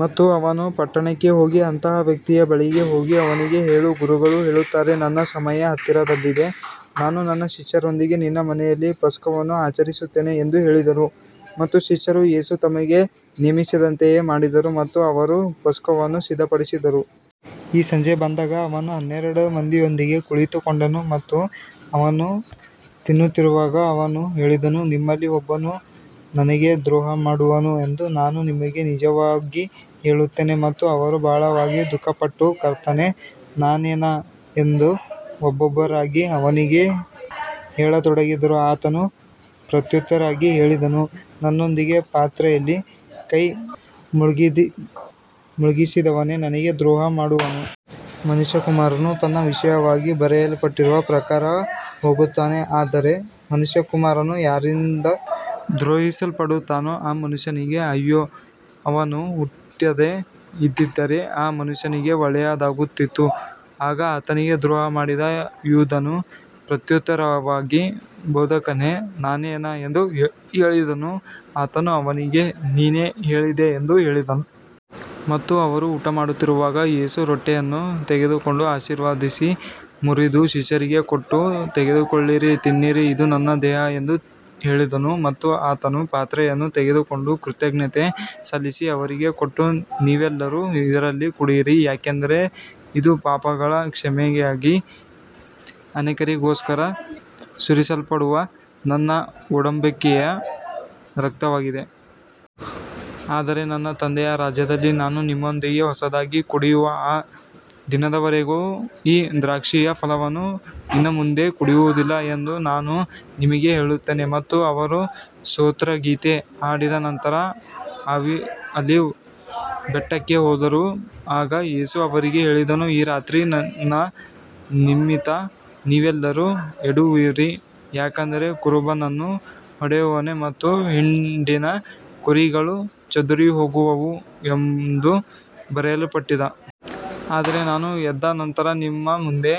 ಮತ್ತು ಅವನು ಪಟ್ಟಣಕ್ಕೆ ಹೋಗಿ ಅಂತಹ ವ್ಯಕ್ತಿಯ ಬಳಿಗೆ ಹೋಗಿ ಅವನಿಗೆ ಹೇಳು, ಗುರುಗಳು ಹೇಳುತ್ತಾರೆ, ನನ್ನ ಸಮಯ ಹತ್ತಿರದಲ್ಲಿದೆ, ನಾನು ನನ್ನ ಶಿಷ್ಯರೊಂದಿಗೆ ನಿನ್ನ ಮನೆಯಲ್ಲಿ ಪಸ್ಕವನ್ನು ಆಚರಿಸುತ್ತೇನೆ ಎಂದು ಹೇಳಿದರು. ಮತ್ತು ಶಿಷ್ಯರು ಯೇಸು ತಮಗೆ ನೇಮಿಸಿದಂತೆಯೇ ಮಾಡಿದರು ಮತ್ತು ಅವರು ಪಸ್ಕವನ್ನು ಸಿದ್ಧಪಡಿಸಿದರು. ಈಗ ಸಂಜೆ ಬಂದಾಗ ಅವನು ಹನ್ನೆರಡು ಮಂದಿಯೊಂದಿಗೆ ಕುಳಿತುಕೊಂಡನು. ಮತ್ತು ಅವರು ತಿನ್ನುತ್ತಿರುವಾಗ ಅವನು ಹೇಳಿದನು, ನಿಮ್ಮಲ್ಲಿ ಒಬ್ಬನು ನನಗೆ ದ್ರೋಹ ಮಾಡುವನು ಎಂದು ನಾನು ನಿಮಗೆ ನಿಜವಾಗಿ ಹೇಳುತ್ತೇನೆ. ಮತ್ತು ಅವರು ಬಹಳವಾಗಿ ದುಃಖಪಟ್ಟು, ಕರ್ತನೇ, ನಾನೇನಾ ಎಂದು ಒಬ್ಬೊಬ್ಬರಾಗಿ ಅವನಿಗೆ ಹೇಳತೊಡಗಿದರು. ಆತನು ಪ್ರತ್ಯುತ್ತರವಾಗಿ ಹೇಳಿದನು, ನನ್ನೊಂದಿಗೆ ಪಾತ್ರೆಯಲ್ಲಿ ಕೈ ಮುಳುಗಿಸಿದವನೇ ನನಗೆ ದ್ರೋಹ ಮಾಡುವನು. ಮನುಷ್ಯಕುಮಾರನು ತನ್ನ ವಿಷಯವಾಗಿ ಬರೆಯಲ್ಪಟ್ಟಿರುವ ಪ್ರಕಾರ ಹೋಗುತ್ತಾನೆ, ಆದರೆ ಮನುಷ್ಯಕುಮಾರನು ಯಾರಿಂದ ದ್ರೋಹಿಸಲ್ಪಡುತ್ತಾನೋ ಆ ಮನುಷ್ಯನಿಗೆ ಅಯ್ಯೋ, ಅವನು ಹುಟ್ಟದೇ ಇದ್ದಿದ್ದರೆ ಆ ಮನುಷ್ಯನಿಗೆ ಒಳ್ಳೆಯದಾಗುತ್ತಿತ್ತು. ಆಗ ಆತನಿಗೆ ದ್ರೋಹ ಮಾಡಿದ ಯೂದನು ಪ್ರತ್ಯುತ್ತರವಾಗಿ, ಬೋಧಕನೇ, ನಾನೇನಾ ಎಂದು ಹೇಳಿದನು. ಆತನು ಅವನಿಗೆ, ನೀನೇ ಹೇಳಿದ್ದೀ ಎಂದು ಹೇಳಿದನು. ಮತ್ತು ಅವರು ಊಟಮಾಡುತ್ತಿರುವಾಗ ಯೇಸು ರೊಟ್ಟಿಯನ್ನು ತೆಗೆದುಕೊಂಡು ಆಶೀರ್ವದಿಸಿ ಮುರಿದು ಶಿಷ್ಯರಿಗೆ ಕೊಟ್ಟು, ತೆಗೆದುಕೊಳ್ಳಿರಿ, ತಿನ್ನಿರಿ, ಇದು ನನ್ನ ದೇಹ ಎಂದು ಹೇಳಿದನು. ಮತ್ತು ಆತನು ಪಾತ್ರೆಯನ್ನು ತೆಗೆದುಕೊಂಡು ಕೃತಜ್ಞತೆ ಸಲ್ಲಿಸಿ ಅವರಿಗೆ ಕೊಟ್ಟು, ನೀವೆಲ್ಲರೂ ಇದರಲ್ಲಿ ಕುಡಿಯಿರಿ. ಯಾಕಂದರೆ ಇದು ಪಾಪಗಳ ಕ್ಷಮೆಗಾಗಿ ಅನೇಕರಿಗೋಸ್ಕರ ಸುರಿಸಲ್ಪಡುವ ನನ್ನ ಒಡಂಬಡಿಕೆಯ ರಕ್ತವಾಗಿದೆ. ಆದರೆ ನನ್ನ ತಂದೆಯ ರಾಜ್ಯದಲ್ಲಿ ನಾನು ನಿಮ್ಮೊಂದಿಗೆ ಹೊಸದಾಗಿ ಕುಡಿಯುವ ಆ ದಿನದವರೆಗೂ ಈ ದ್ರಾಕ್ಷಿಯ ಫಲವನ್ನು ಇನ್ನು ಮುಂದೆ ಕುಡಿಯುವುದಿಲ್ಲ ಎಂದು ನಾನು ನಿಮಗೆ ಹೇಳುತ್ತೇನೆ. ಮತ್ತು ಅವರು ಸ್ತೋತ್ರಗೀತೆ ಹಾಡಿದ ನಂತರ ಆಲಿವ್ ಬೆಟ್ಟಕ್ಕೆ ಹೋದರು. ಆಗ ಯೇಸು ಅವರಿಗೆ ಹೇಳಿದನು, ಈ ರಾತ್ರಿ ನನ್ನ ನಿಮಿತ್ತ ನೀವೆಲ್ಲರೂ ಎಡವುವಿರಿ, ಯಾಕಂದರೆ ಕುರುಬನನ್ನು ಹೊಡೆಯುವೆನು ಮತ್ತು ಹಿಂಡಿನ ಕುರಿಗಳು ಚದುರಿಹೋಗುವವು ಎಂದು ಬರೆಯಲ್ಪಟ್ಟಿದೆ. ಆದರೆ ನಾನು ಎದ್ದ ನಂತರ ನಿಮ್ಮ ಮುಂದೆ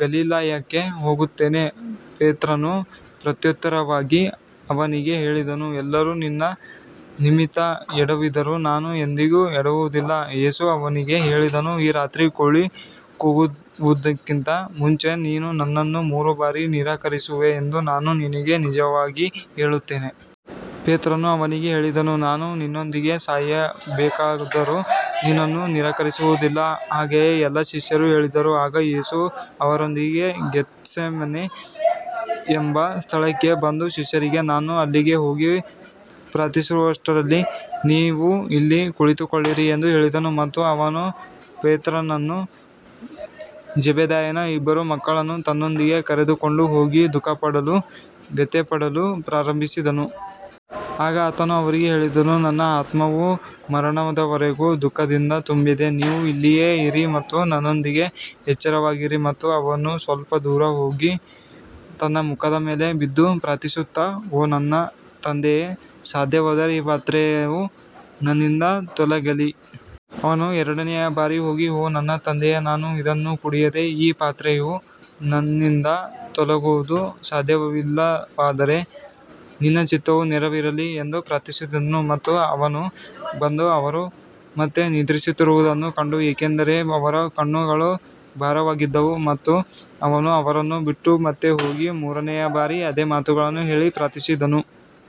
ಗಲಿಲಾಯಕ್ಕೆ ಹೋಗುತ್ತೇನೆ. ಪೇತ್ರನು ಪ್ರತ್ಯುತ್ತರವಾಗಿ ಅವನಿಗೆ ಹೇಳಿದನು, ಎಲ್ಲರೂ ನಿನ್ನ ನಿಮಿತ್ತ ಎಡವಿದರೂ ನಾನು ಎಂದಿಗೂ ಎಡವುವುದಿಲ್ಲ. ಯೇಸು ಅವನಿಗೆ ಹೇಳಿದನು, ಈ ರಾತ್ರಿ ಕೋಳಿ ಕೂಗುವುದಕ್ಕಿಂತ ಮುಂಚೆ ನೀನು ನನ್ನನ್ನು ಮೂರು ಬಾರಿ ನಿರಾಕರಿಸುವೆ ಎಂದು ನಾನು ನಿನಗೆ ನಿಜವಾಗಿ ಹೇಳುತ್ತೇನೆ. ಪೇತ್ರನು ಅವನಿಗೆ ಹೇಳಿದನು, ನಾನು ನಿನ್ನೊಂದಿಗೆ ಸಾಯಬೇಕಾದರೂ ನಿನ್ನನ್ನು ನಿರಾಕರಿಸುವುದಿಲ್ಲ. ಹಾಗೆಯೇ ಎಲ್ಲಾ ಶಿಷ್ಯರೂ ಹೇಳಿದರು. ಆಗ ಯೇಸು ಅವರೊಂದಿಗೆ ಗೆತ್ಸೆಮನೆ ಎಂಬ ಸ್ಥಳಕ್ಕೆ ಬಂದು ಶಿಷ್ಯರಿಗೆ, ನಾನು ಅಲ್ಲಿಗೆ ಹೋಗಿ ಪ್ರಾರ್ಥಿಸುವಷ್ಟರಲ್ಲಿ ನೀವು ಇಲ್ಲಿ ಕುಳಿತುಕೊಳ್ಳಿರಿ ಎಂದು ಹೇಳಿದನು. ಮತ್ತು ಅವನು ಪೇತ್ರನನ್ನೂ ಜೆಬೆದಾಯನ ಇಬ್ಬರು ಮಕ್ಕಳನ್ನೂ ತನ್ನೊಂದಿಗೆ ಕರೆದುಕೊಂಡು ಹೋಗಿ ದುಃಖಪಡಲೂ ವ್ಯಥೆಪಡಲೂ ಪ್ರಾರಂಭಿಸಿದನು. ಆಗ ಆತನು ಅವರಿಗೆ ಹೇಳಿದನು, ನನ್ನ ಆತ್ಮವು ಮರಣದವರೆಗೂ ದುಃಖದಿಂದ ತುಂಬಿದೆ, ನೀವು ಇಲ್ಲಿಯೇ ಇರಿ ಮತ್ತು ನನ್ನೊಂದಿಗೆ ಎಚ್ಚರವಾಗಿರಿ. ಮತ್ತು ಅವನು ಸ್ವಲ್ಪ ದೂರ ಹೋಗಿ ತನ್ನ ಮುಖದ ಮೇಲೆ ಬಿದ್ದು ಪ್ರಾರ್ಥಿಸುತ್ತಾ, ಓ ನನ್ನ ತಂದೆಯೇ, ಸಾಧ್ಯವಾದರೆ ಈ ಪಾತ್ರೆಯು ನನ್ನಿಂದ ತೊಲಗಲಿ. ಅವನು ಎರಡನೆಯ ಬಾರಿ ಹೋಗಿ, ಓ ನನ್ನ ತಂದೆಯೇ, ನಾನು ಇದನ್ನು ಕುಡಿಯದೆ ಈ ಪಾತ್ರೆಯು ನನ್ನಿಂದ ತೊಲಗುವುದು ಸಾಧ್ಯವಿಲ್ಲವಾದರೆ ನಿನ್ನ ಚಿತ್ತವು ನೆರವೇರಲಿ ಎಂದು ಪ್ರಾರ್ಥಿಸಿದನು. ಮತ್ತು ಅವನು ಬಂದು ಅವರು ಮತ್ತೆ ನಿದ್ರಿಸುತ್ತಿರುವುದನ್ನು ಕಂಡನು, ಏಕೆಂದರೆ ಅವರ ಕಣ್ಣುಗಳು ಭಾರವಾಗಿದ್ದವು. ಮತ್ತು ಅವನು ಅವರನ್ನು ಬಿಟ್ಟು ಮತ್ತೆ ಹೋಗಿ ಮೂರನೆಯ ಬಾರಿ ಅದೇ ಮಾತುಗಳನ್ನು ಹೇಳಿ ಪ್ರಾರ್ಥಿಸಿದನು.